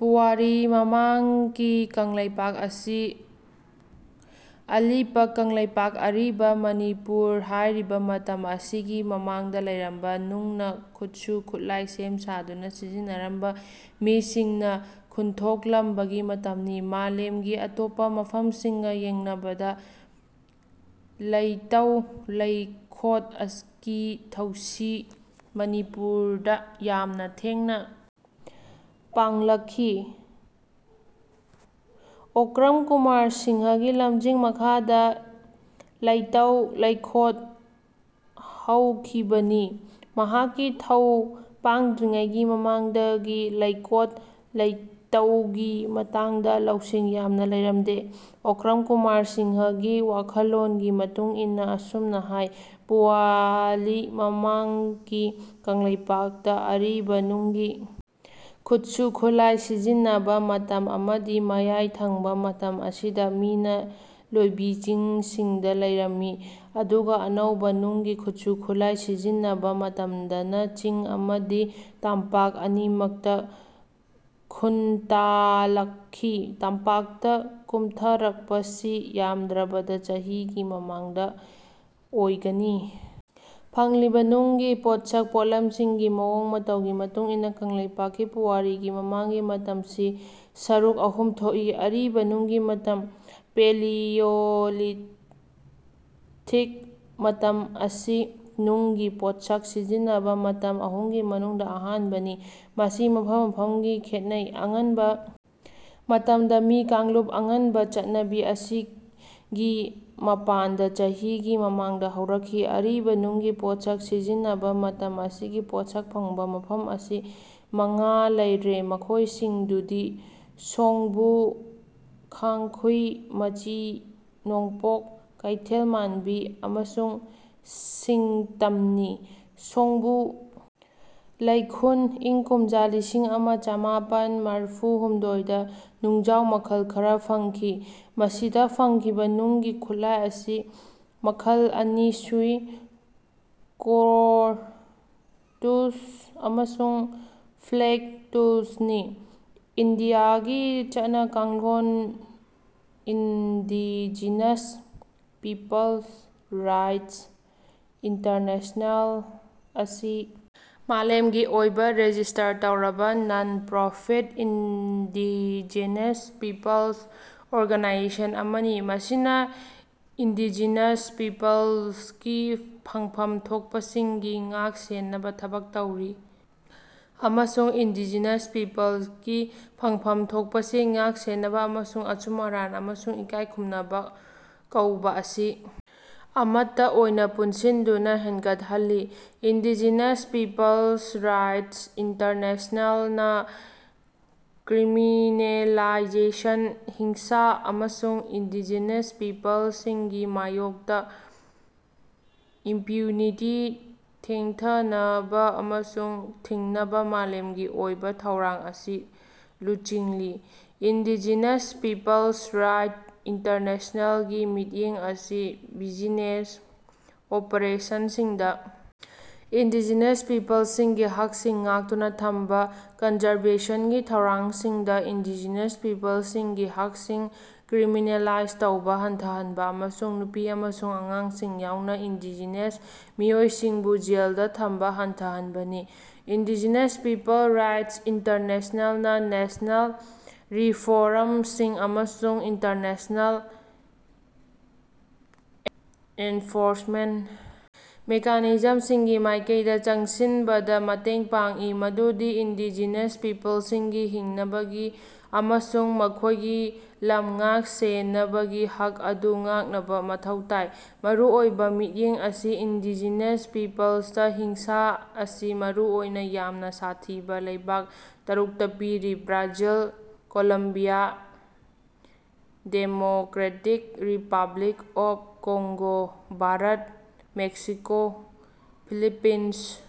ꯄꯨꯋꯥꯔꯤ ꯃꯃꯥꯡꯀꯤ ꯀꯪꯂꯩꯄꯥꯛ ꯑꯁꯤ ꯑꯂꯤꯄ ꯀꯪꯂꯩꯄꯥꯛ ꯑꯔꯤꯕ ꯃꯅꯤꯄꯨꯔ ꯍꯥꯢꯔꯤꯕ ꯃꯇꯝ ꯑꯁꯤꯒꯤ ꯃꯃꯥꯡꯗ ꯂꯩꯔꯝꯕ ꯅꯨꯡꯅ ꯈꯨꯠꯁꯨ ꯈꯨꯠꯂꯥꯢ ꯁꯦꯝ ꯁꯥꯗꯨꯅ ꯁꯤꯖꯤꯟꯅꯔꯝꯕ ꯃꯤꯁꯤꯡꯅ ꯈꯨꯟꯊꯣꯛꯂꯝꯕꯒꯤ ꯃꯇꯝꯅꯤ꯫ ꯃꯥꯂꯦꯝꯒꯤ ꯑꯇꯣꯞꯄ ꯃꯐꯝꯁꯤꯡꯒ ꯌꯦꯡꯅꯕꯗ ꯂꯩꯇꯧ ꯂꯩꯈꯣꯠ ꯑꯁ ꯀꯤ ꯊꯧꯁꯤ ꯃꯅꯤꯄꯨꯔꯗ ꯌꯥꯝꯅ ꯊꯦꯡꯅ ꯄꯥꯡꯂꯛꯈꯤ꯫ ꯑꯣꯀ꯭ꯔꯝ ꯀꯨꯃꯥꯔ ꯁꯤꯡꯍꯒꯤ ꯂꯝꯖꯤꯡ ꯃꯈꯥꯗ ꯂꯩꯇꯧ ꯂꯩꯈꯣꯠ ꯍꯧꯈꯤꯕꯅꯤ꯫ ꯃꯍꯥꯛꯀꯤ ꯊꯧ ꯄꯥꯡꯗ꯭ꯔꯤꯉꯩꯒꯤ ꯃꯃꯥꯡꯗꯒꯤ ꯂꯩꯀꯣꯠ ꯂꯩꯇꯧꯒꯤ ꯃꯇꯥꯡꯗ ꯂꯧꯁꯤꯡ ꯌꯥꯝꯅ ꯂꯩꯔꯝꯗꯦ꯫ ꯑꯣꯀ꯭ꯔꯝ ꯀꯨꯃꯥꯔ ꯁꯤꯡꯍ ꯒꯤ ꯋꯥꯈꯜꯂꯣꯟꯒꯤ ꯃꯇꯨꯡꯏꯟꯅ ꯑꯁꯨꯝꯅ ꯍꯥꯢ ꯄꯨꯋꯥꯂꯤ ꯃꯃꯥꯡꯀꯤ ꯀꯪꯂꯩꯄꯥꯛ ꯇ ꯑꯔꯤꯕ ꯅꯨꯡꯒꯤ ꯈꯨꯠꯁꯨ ꯈꯨꯠꯂꯥꯢ ꯁꯤꯖꯤꯟꯅꯕ ꯃꯇꯝ ꯑꯃꯗꯤ ꯃꯌꯥꯢ ꯊꯪꯕ ꯃꯇꯝ ꯑꯁꯤꯗ ꯃꯤꯅ ꯂꯣꯢꯕꯤ ꯆꯤꯡꯁꯤꯡꯗ ꯂꯩꯔꯝꯃꯤ ꯑꯗꯨꯒ ꯑꯅꯧꯕ ꯅꯨꯡꯒꯤ ꯈꯨꯠꯁꯨ ꯈꯨꯠꯂꯥꯢ ꯁꯤꯖꯤꯟꯅꯕ ꯃꯇꯝꯗꯅ ꯆꯤꯡ ꯑꯃꯗꯤ ꯇꯝꯄꯥꯛ ꯑꯅꯤꯃꯛꯇ ꯈꯨꯟꯇꯥꯂꯛꯈꯤ꯫ ꯇꯝꯄꯥꯛ ꯇ ꯀꯨꯝꯊꯔꯛꯄꯁꯤ ꯌꯥꯝꯗ꯭ꯔꯕꯗ ꯆꯍꯤ ꯒꯤ ꯃꯃꯥꯡꯗ ꯑꯣꯢꯒꯅꯤ꯫ ꯐꯪꯂꯤꯕ ꯅꯨꯡꯒꯤ ꯄꯣꯠꯁꯛ ꯄꯣꯠꯂꯝꯁꯤꯡꯒꯤ ꯃꯑꯣꯡ ꯃꯇꯧꯒꯤ ꯃꯇꯨꯡꯏꯟꯅ ꯀꯪꯂꯩꯄꯥꯛꯀꯤ ꯄꯨꯋꯥꯔꯤꯒꯤ ꯃꯃꯥꯡꯒꯤ ꯃꯇꯝꯁꯤ ꯁꯔꯨꯛ ꯑꯍꯨꯝ ꯊꯣꯛꯏ꯫ ꯑꯔꯤꯕ ꯅꯨꯡꯒꯤ ꯃꯇꯝ ꯄꯦꯂꯤꯌꯣꯂꯤꯊꯤꯛ ꯃꯇꯝ ꯑꯁꯤ ꯅꯨꯡꯒꯤ ꯄꯣꯠꯁꯛ ꯁꯤꯖꯤꯟꯅꯕ ꯃꯇꯝ ꯑꯍꯨꯝꯒꯤ ꯃꯅꯨꯡꯗ ꯑꯍꯥꯟꯕ ꯅꯤ꯫ ꯃꯁꯤ ꯃꯐꯝ ꯃꯐꯝꯒꯤ ꯈꯦꯟꯅꯩ꯫ ꯑꯉꯟꯕ ꯃꯇꯝꯗ ꯃꯤ ꯀꯥꯡꯂꯨꯞ ꯑꯉꯟꯕ ꯆꯠꯅꯕꯤ ꯑꯁꯤ ꯒꯤ ꯃꯄꯥꯟꯗ ꯆꯍꯤ ꯒꯤ ꯃꯃꯥꯡꯗ ꯍꯧꯔꯛꯈꯤ꯫ ꯑꯔꯤꯕ ꯅꯨꯡꯒꯤ ꯄꯣꯠꯁꯛ ꯁꯤꯖꯤꯟꯅꯕ ꯃꯇꯝ ꯑꯁꯤꯒꯤ ꯄꯣꯠꯁꯛ ꯐꯪꯕ ꯃꯐꯝ ꯑꯁꯤ ꯃꯉꯥ ꯂꯩꯔꯦ ꯃꯈꯣꯢꯁꯤꯡꯗꯨꯗꯤ ꯁꯣꯡꯕꯨ ꯈꯥꯡꯈꯨꯏ ꯃꯆꯤ ꯅꯣꯡꯄꯣꯛ ꯀꯩꯊꯦꯜꯃꯥꯟꯕꯤ ꯑꯃꯁꯨꯡ ꯁꯤꯡꯇꯝꯅꯤ꯫ ꯁꯣꯡꯕꯨ ꯂꯩꯈꯨꯟ ꯏꯪ ꯀꯨꯝꯖꯥ ꯂꯤꯁꯤꯡ ꯑꯃ ꯆꯃꯥꯄꯟ ꯃꯔꯐꯨ ꯍꯨꯝꯗꯣꯏꯗ ꯅꯨꯡꯖꯥꯎ ꯃꯈꯜ ꯈꯔꯥ ꯐꯪꯈꯤ꯫ ꯃꯁꯤꯗ ꯐꯪꯈꯤꯕ ꯅꯨꯡꯒꯤ ꯈꯨꯠꯂꯥꯏ ꯑꯁꯤ ꯃꯈꯜ ꯑꯅꯤ ꯁꯨꯏ ꯀꯣꯔ ꯇꯨꯜꯁ ꯑꯃꯁꯨꯡ ꯐ꯭ꯂꯦꯛ ꯇꯨꯜꯁꯅꯤ꯫ ꯏꯟꯗꯤꯌꯥꯒꯤ ꯆꯠꯅ ꯀꯥꯡꯂꯣꯟ ꯏꯟꯗꯤꯖꯤꯅꯁ ꯄꯤꯄꯜ꯭ꯁ ꯔꯥꯏꯠꯁ ꯏꯟꯇꯔꯅꯦꯁꯅꯦꯜ ꯑꯁꯤ ꯃꯥꯂꯦꯝꯒꯤ ꯑꯣꯏꯕ ꯔꯦꯖꯤꯁ꯭ꯇꯔ ꯇꯧꯔꯕ non profit indigenous peoples organisation ꯑꯃꯅꯤ꯫ ꯃꯁꯤꯅ ꯏꯟꯗꯤꯖꯤꯅꯁ ꯄꯤꯄꯜ꯭ꯁꯀꯤ ꯐꯪꯐꯝ ꯊꯣꯛꯄꯁꯤꯡꯒꯤ ꯉꯥꯛ ꯁꯦꯟꯅꯕ ꯊꯕꯛ ꯇꯧꯔꯤ ꯑꯃꯁꯨꯡ ꯏꯟꯗꯤꯖꯤꯅꯁ ꯄꯤꯄꯜ꯭ꯁꯀꯤ ꯐꯪꯐꯝ ꯊꯣꯛꯄꯁꯤꯡ ꯉꯥꯛ ꯁꯦꯟꯅꯕ ꯑꯃꯁꯨꯡ ꯑꯆꯨꯝ ꯑꯔꯥꯟ ꯑꯃꯁꯨꯡ ꯏꯀꯥꯏꯈꯨꯝꯅꯕ ꯀꯧꯕ ꯑꯁꯤ ꯑꯃꯠꯇ ꯑꯣꯏꯅ ꯄꯨꯟꯁꯤꯟꯗꯨꯅ ꯍꯦꯟꯒꯠꯍꯜꯂꯤ꯫ ꯏꯟꯗꯤꯖꯤꯅꯁ ꯄꯤꯄꯜ꯭ꯁ ꯔꯥꯏꯠꯁ ꯏꯟꯇꯔꯅꯦꯁꯅꯦꯜ ꯅꯥ ꯀ꯭ꯔꯤꯃꯤꯅꯦꯂꯥꯏꯖꯦꯁꯟ ꯍꯤꯡꯁꯥ ꯑꯃꯁꯨꯡ ꯏꯟꯗꯤꯖꯦꯅꯁ ꯄꯤꯄꯜꯁꯤꯡꯒꯤ ꯃꯥꯌꯣꯛꯇꯥ ꯏꯝꯄ꯭ꯌꯨꯅꯤꯇꯤ ꯊꯦꯡꯊꯅꯕꯥ ꯑꯃꯁꯨꯡ ꯊꯤꯡꯅꯕꯥ ꯃꯥꯂꯦꯝꯒꯤ ꯑꯣꯏꯕꯥ ꯊꯧꯔꯥꯡ ꯑꯁꯤ ꯂꯨꯆꯤꯡꯂꯤ꯫ ꯏꯟꯗꯤꯖꯤꯅꯁ ꯄꯤꯄꯜ꯭ꯁ ꯔꯥꯏꯠꯁ ꯏꯟꯇꯔꯅꯦꯁꯅꯦꯜ ꯒꯤ ꯃꯤꯠꯌꯦꯡ ꯑꯁꯤ ꯕꯤꯖꯤꯅꯦꯁ ꯑꯣꯄꯔꯦꯁꯟꯁꯤꯡꯗꯥ ꯏꯟꯗꯤꯖꯤꯅꯁ ꯄꯤꯄꯜꯁꯤꯡꯒꯤ ꯍꯛꯁꯤꯡ ꯉꯥꯛꯇꯨꯅꯥ ꯊꯝꯕꯥ ꯀꯟꯖꯔꯕꯦꯁꯟꯒꯤ ꯊꯧꯔꯥꯡꯁꯤꯡꯗꯥ ꯏꯟꯗꯤꯖꯤꯅꯁ ꯄꯤꯄꯜꯁꯤꯡꯒꯤ ꯍꯛꯁꯤꯡ ꯀ꯭ꯔꯤꯃꯤꯅꯦꯂꯥꯏꯖ ꯇꯧꯕꯥ ꯍꯟꯊꯍꯟꯕꯥ ꯑꯃꯁꯨꯡ ꯅꯨꯄꯤ ꯑꯃꯁꯨꯡ ꯑꯉꯥꯡꯁꯤꯡ ꯌꯥꯎꯅꯥ ꯏꯟꯗꯤꯖꯤꯅꯁ ꯃꯤꯑꯣꯏꯁꯤꯡꯕꯨ ꯖꯦꯜꯗꯥ ꯊꯝꯕꯥ ꯍꯟꯊꯍꯟꯕꯅꯤ꯫ ꯏꯟꯗꯤꯖꯤꯅꯁ ꯄꯤꯄꯜ ꯔꯥꯏꯠꯁ ꯏꯟꯇꯔꯅꯦꯁꯅꯦꯜ ꯅꯥ ꯅꯦꯁꯅꯦꯜ ꯔꯤꯐꯣꯔꯝꯁꯤꯡ ꯑꯃꯁꯨꯡ ꯏꯟꯇꯔꯅꯦꯁꯅꯦꯜ ꯑꯦꯟꯐꯣꯔꯁꯃꯦꯟꯠ ꯃꯦꯀꯥꯅꯤꯖꯝꯁꯤꯡꯒꯤ ꯃꯥꯏꯀꯩꯗꯥ ꯆꯪꯁꯤꯟꯕꯗꯥ ꯃꯇꯦꯡ ꯄꯥꯡꯏ ꯃꯗꯨꯗꯤ ꯏꯟꯗꯤꯖꯤꯅꯁ ꯄꯤꯄꯜꯁꯤꯡꯒꯤ ꯍꯤꯡꯅꯕꯒꯤ ꯑꯃꯁꯨꯡ ꯃꯈꯣꯏꯒꯤ ꯂꯝ ꯉꯥꯛ ꯁꯦꯅꯕꯒꯤ ꯍꯛ ꯑꯗꯨ ꯉꯥꯛꯅꯕꯥ ꯃꯊꯧ ꯇꯥꯏ꯫ ꯃꯔꯨꯑꯣꯏꯕꯥ ꯃꯤꯠꯌꯦꯡ ꯑꯁꯤ ꯏꯟꯗꯤꯖꯤꯅꯁ ꯄꯤꯄꯜꯁꯇꯥ ꯍꯤꯡꯁꯥ ꯑꯁꯤ ꯃꯔꯨꯑꯣꯏꯅꯥ ꯌꯥꯝꯅꯥ ꯁꯥꯊꯤꯕꯥ ꯂꯩꯕꯥꯛ ꯇꯔꯨꯛꯇꯥ ꯄꯤꯔꯤ Brazil Colombia Democratic Republic of Congo Bharat Mexico Philippines.